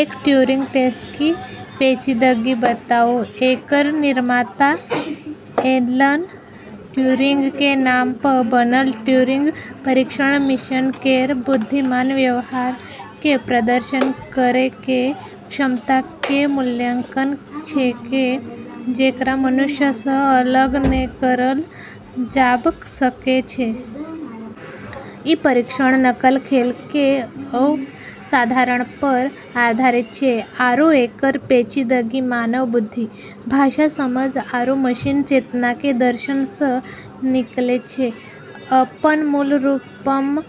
एक Turing test की पेचीदगि बताउ: एकरऽ निर्माता एलन ट्यूरिंग के नाम पऽ बनलऽ ट्यूरिंग परीक्षण मशीन केरऽ बुद्धिमान व्यवहार के प्रदर्शन करै के क्षमता के मूल्यांकन छेकै जेकरा मनुष्य सऽ अलग नै करलऽ जाब सकै छै। ई परीक्षण "नकल खेल" के अवधारणा पर आधारित छै आरू एकरऽ पेचीदगी मानव बुद्धि, भाषा समझ आरू मशीन चेतना के दर्शन सऽ निकलै छै। अपनऽ मूल रूप मऽ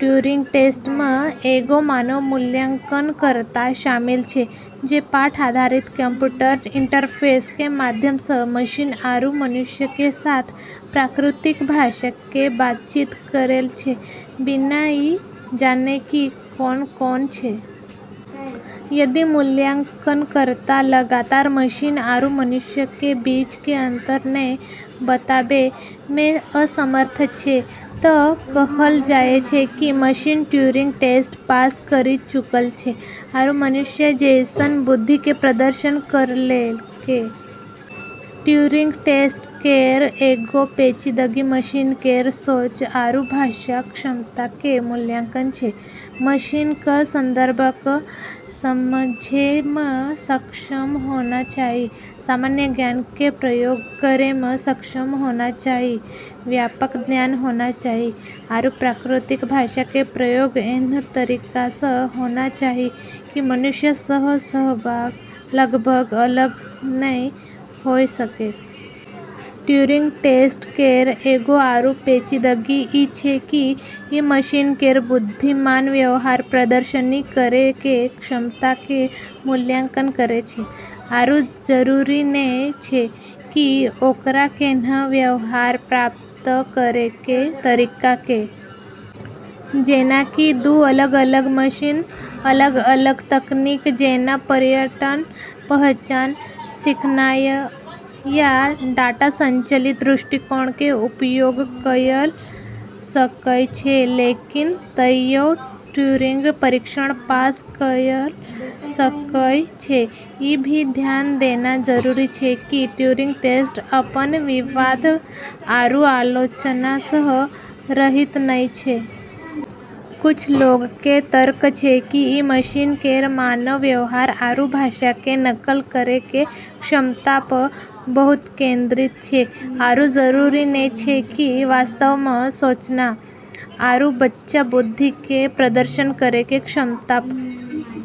ट्यूरिंग टेस्ट म॑ एगो मानव मूल्यांकनकर्ता शामिल छै जे पाठ आधारित कंप्यूटर इंटरफेस के माध्यम सऽ मशीन आरू मनुष्य के साथ प्राकृतिक भाषा के बातचीत करै छै, बिना ई जानने कि कोन कोन छै। यदि मूल्यांकनकर्ता लगातार मशीन आरू मनुष्य के बीच के अंतर नै बताबै में असमर्थ छै तऽ कहलऽ जाय छै कि मशीन ट्यूरिंग टेस्ट पास करी चुकलऽ छै, आरू मनुष्य जैसनऽ बुद्धि के प्रदर्शन करलकै। ट्यूरिंग टेस्ट केरऽ एगो पेचीदगी मशीन केरऽ "सोच" आरू भाषा क्षमता के मूल्यांकन छै। मशीन कऽ संदर्भ कऽ समझै मऽ सक्षम होना चाहियऽ, सामान्य ज्ञान के प्रयोग करै मऽ सक्षम होना चाहियऽ, व्यापक ज्ञान होना चाहियऽ, आरू प्राकृतिक भाषा के प्रयोग ऐन्हऽ तरीका सऽ होना चाहियऽ कि मनुष्य सऽ लगभग अलग नै होय सकै। ट्यूरिंग टेस्ट केरऽ एगो आरू पेचीदगी ई छै कि ई मशीन केरऽ बुद्धिमान व्यवहार प्रदर्शित करै के क्षमता के मूल्यांकन करै छै आरू जरूरी नै छै कि ओकरा ऐन्हऽ व्यवहार प्राप्त करै के तरीका के। जेना कि दू अलग-अलग मशीन अलग-अलग तकनीक जेना पैटर्न पहचान, सीखनाय या डाटा संचालित दृष्टिकोण कें उपयोग कयर सकय छै, लेकिन तइयो, ट्यूरिंग परीक्षण पास करय सकय छै। ई भी ध्यान देना जरूरी छै कि ट्यूरिंग टेस्ट अपनऽ विवाद आरू आलोचना सऽ रहित नै छै। कुछ लोगऽ के तर्क छै कि ई मशीन केरऽ मानव व्यवहार आरू भाषा के नकल करै के क्षमता पऽ बहुत केंद्रित छै, आरू जरूरी नै छै कि वास्तव मऽ "सोचना" आरू सच्चा बुद्धि के प्रदर्शन करै के क्षमता पऽ।